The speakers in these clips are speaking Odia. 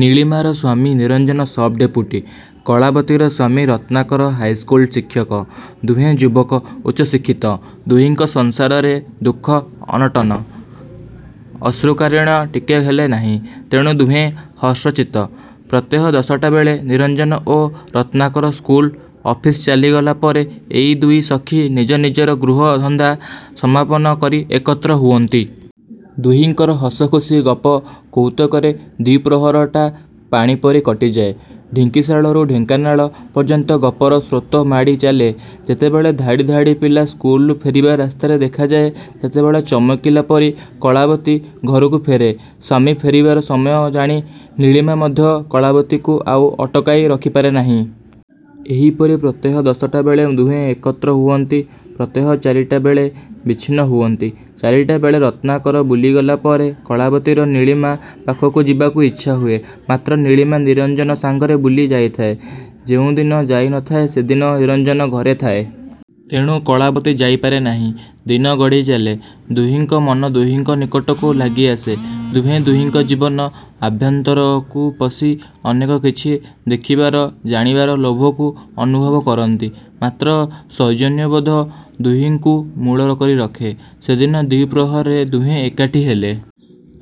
ନୀଳିମାର ସ୍ୱାମୀ ନିରଞ୍ଜନ ସବ୍‌-ଡେପୁଟି। କଳାବତୀର ସ୍ୱାମୀ ରତ୍ନାକର ହାଇସ୍କୁଲର ଶିକ୍ଷକ। ଦୁହେଁ ଯୁବକ, ଉଚ୍ଚ ଶିକ୍ଷିତ। ଦୁହିଁଙ୍କ ସଂସାରରେ ଦୁଃଖ ଅନଟନ, ଅଶ୍ରୁକାରୁଣ୍ୟ ଟିକେ ହେଲେ ନାହିଁ। ତେଣୁ ଦୁହେଁ ହର୍ଷଚିତ୍ତ। ପ୍ରତ୍ୟହ ଦଶଟା ବେଳେ ନିରଞ୍ଜନ ଓ ରତ୍ନାକର ସ୍କୁଲ, ଅଫିସ ଚାଲିଗଲା ପରେ ଏଇ ଦୁଇ ସଖୀ ନିଜ ନିଜର ଗୃହ ଧନ୍ଦା ସମାପନ କରି ଏକତ୍ର ହୁଅନ୍ତି। ଦୁହିଁଙ୍କର ହସଖୁସୀ ଗପ କୌତୁକରେ ଦ୍ଵିପ୍ରହରଟା ପାଣିପରି କଟିଯାଏ, ଢିଙ୍କିଶାଳରୁ ଢେଙ୍କାନାଳ ପର୍ଯ୍ୟନ୍ତ ଗପର ସ୍ରୋତ ମାଡ଼ି ଚାଲେ। ଯେତେବେଳେ ଧାଡ଼ି ଧାଡ଼ି ପିଲା ସ୍କୁଲରୁ ଫେରିବା ରାସ୍ତାରେ ଦେଖାଯାଏ, ସେତେବେଳେ ଚମକିଲାପରି କଳାବତୀ ଘରକୁ ଫେରେ। ସ୍ୱାମୀ ଫେରିବାର ସମୟ ଜାଣି ନୀଳିମା ମଧ୍ୟ କଳାବତୀକୁ ଆଉ ଅଟକାଇ ରଖିପାରେ ନାହିଁ। ଏହିପରି ପ୍ରତ୍ୟହ ଦଶଟା ବେଳେ ଦୁହେଁ ଏକତ୍ର ହୁଅନ୍ତି। ପ୍ରତ୍ୟହ ଚାରିଟା ବେଳେ ବିଚ୍ଛିନ୍ନ ହୁଅନ୍ତି। ଚାରିଟା ବେଳେ ରତ୍ନାକର ବୁଲିଗଲା ପରେ, କଳାବତୀର ନୀଳିମା ପାଖକୁ ଯିବାକୁ ଇଚ୍ଛାହୁଏ। ମାତ୍ର ନୀଳିମା ନିରଞ୍ଜନ ସାଙ୍ଗରେ ବୁଲି ଯାଇଥାଏ, ଯେଉଁଦିନ ଯାଇ ନ ଥାଏ, ସେଦିନ ନିରଞ୍ଜନ ଘରେ ଥାଏ! ତେଣୁ କଳାବତୀ ଯାଇପାରେ ନାହିଁ। ଦିନ ଗଡ଼ି ଚାଲେ। ଦୁହିଙ୍କ ମନ ଦୁହିଙ୍କ ନିକଟକୁ ଲାଗି ଆସେ। ଦୁହେଁ ଦୁହିଙ୍କ ଜୀବନ ଆଭ୍ୟନ୍ତରକୁ ପଶି, ଅନେକ କିଛି ଦେଖିବାର, ଜାଣିବାର ଲୋଭକୁ ଅନୁଭବ କରନ୍ତି। ମାତ୍ର ସୌଜନ୍ୟବୋଧ ଦୁହିଁଙ୍କୁ ମୂଳ କରି ରଖେ। ସେଦିନ ଦ୍ଵିପ୍ରହରରେ ଦୁହେଁ ଏକାଠି ହେଲେ।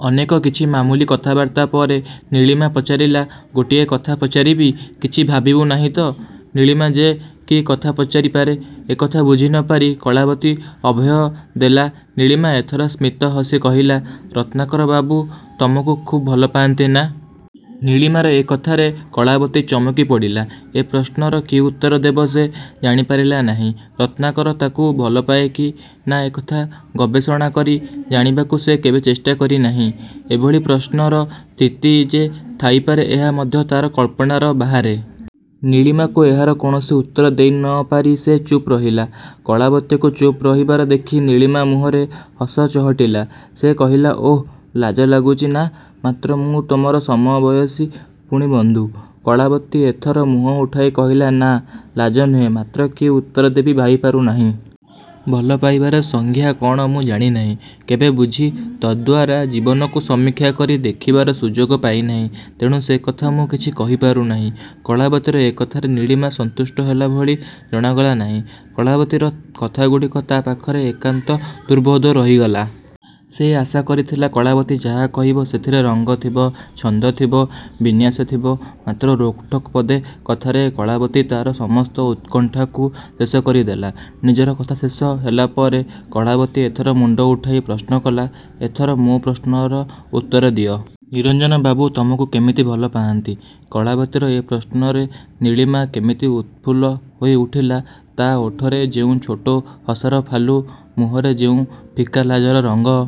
ଅନେକ କିଛି ମାମୁଲି କଥାବାର୍ତ୍ତା ପରେ, ନୀଳିମା ପଚାରିଲା, "ଗୋଟିଏ କଥା ପଚାରିବି, କିଛି ଭାବିବୁ ନାହିଁ ତ? "ନୀଳିମା ଯେ କି କଥା ପଚାରି ପାରେ, ଏକଥା ବୁଝି ନ ପାରି କଳାବତୀ ଅଭୟ ଦେଲା। ନୀଳିମା ଏଥର ସ୍ମିତ ହସି କହିଲା, "ରତ୍ନାକରବାବୁ ତମକୁ ଖୁବ୍ ଭଲପାନ୍ତି ନା?" ନୀଳିମାର ଏ କଥାରେ କଳାବତୀ ଚମକି ପଡ଼ିଲା। ଏ ପ୍ରଶ୍ନର କି ଉତ୍ତର ଦେବ ସେ ଜାଣିପାରିଲା ନାହିଁ। ରତ୍ନାକର ତାକୁ ଭଲପାଏ କି ନା ଏକଥା ଗବେଷଣା କରି ଜାଣିବାକୁ ସେ କେବେ ଚେଷ୍ଟା କରି ନାହିଁ। ଏଭଳି ପ୍ରଶ୍ନର ସ୍ଥିତି ଯେ ଥାଇପାରେ ଏହା ମଧ୍ୟ ତା'ର କଳ୍ପନାର ବାହାରେ। ନୀଳିମାକୁ ଏହାର କୌଣସି ଉତ୍ତର ଦେଇ ନ ପାରି ସେ ଚୁପ୍ ରହିଲା। କଳାବତୀକୁ ଚୁପ୍ ରହିବାର ଦେଖି ନୀଳିମା ମୁହଁରେ ହସ ଚହଟିଲା। ସେ କହିଲା, "ଓଃ ଲାଜ ଲାଗୁଚି ନା! ମାତ୍ର ମୁଁ ତମର ସମବୟସୀ ପୁଣି ବନ୍ଧୁ!" କଳାବତୀ ଏଥର ମୁହଁ ଉଠାଇ କହିଲା, "ନା, ଲାଜ ନୁହେ, ମାତ୍ର କି ଉତ୍ତର ଦେବି ଭାବିପାରୁ ନାହିଁ। ଭଲ ପାଇବାର ସଂଜ୍ଞା କ'ଣ ମୁଁ ଜାଣି ନାହିଁ। କେବେ ବୁଝି ତଦ୍ଦ୍ୱାରା ଜୀବନକୁ ସମୀକ୍ଷା କରି ଦେଖିବାର ସୁଯୋଗ ପାଇ ନାହିଁ। ତେଣୁ ସେକଥା ମୁଁ କିଛି କହିପାରୁ ନାହିଁ।" କଳାବତୀର ଏକଥାରେ ନୀଳିମା ସନ୍ତୁଷ୍ଟ ହେଲା ଭଳି ଜଣାଗଲା ନାହିଁ। କଳାବତୀର କଥାଗୁଡ଼ିକ ତା' ପାଖରେ ଏକାନ୍ତ ଦୁର୍ବୋଧ୍ୟ ରହିଗଲା। ସେ ଆଶା କରିଥିଲା କଳାବତୀ ଯାହା କହିବ, ସେଥିରେ ରଙ୍ଗ ଥିବ, ଛନ୍ଦ ଥିବ, ବିନ୍ୟାସ ଥିବ। ମାତ୍ର ରୋକଠୋକ୍ ପଦେ କଥାରେ କଳାବତୀ ତା'ର ସମସ୍ତ ଉତ୍କଣ୍ଠାକୁ ଶେଷ କରି ଦେଲା। ନିଜର କଥା ଶେଷ ହେଲା ପରେ, କଳାବତୀ ଏଥର ମୁଣ୍ଡ ଉଠାଇ ପ୍ରଶ୍ନ କଲା, "ଏଥର ମୋ' ପ୍ରଶ୍ନର ଉତ୍ତର ଦିଅ। ନିରଞ୍ଜନବାବୁ ତମକୁ କେମିତି ଭଲ ପାଆନ୍ତି?" କଳାବତୀର ଏ ପ୍ରଶ୍ନରେ ନୀଳିମା କେମିତି ଉତଫୁଲ୍ଲ ହୋଇ ଉଠିଲା। ତା' ଓଠରେ ଯେଉଁ ଛୋଟ ହସର ଫାଲୁ, ମୁହଁରେ ଯେଉଁ ଫିକା ଲାଜର ରଙ୍ଗ।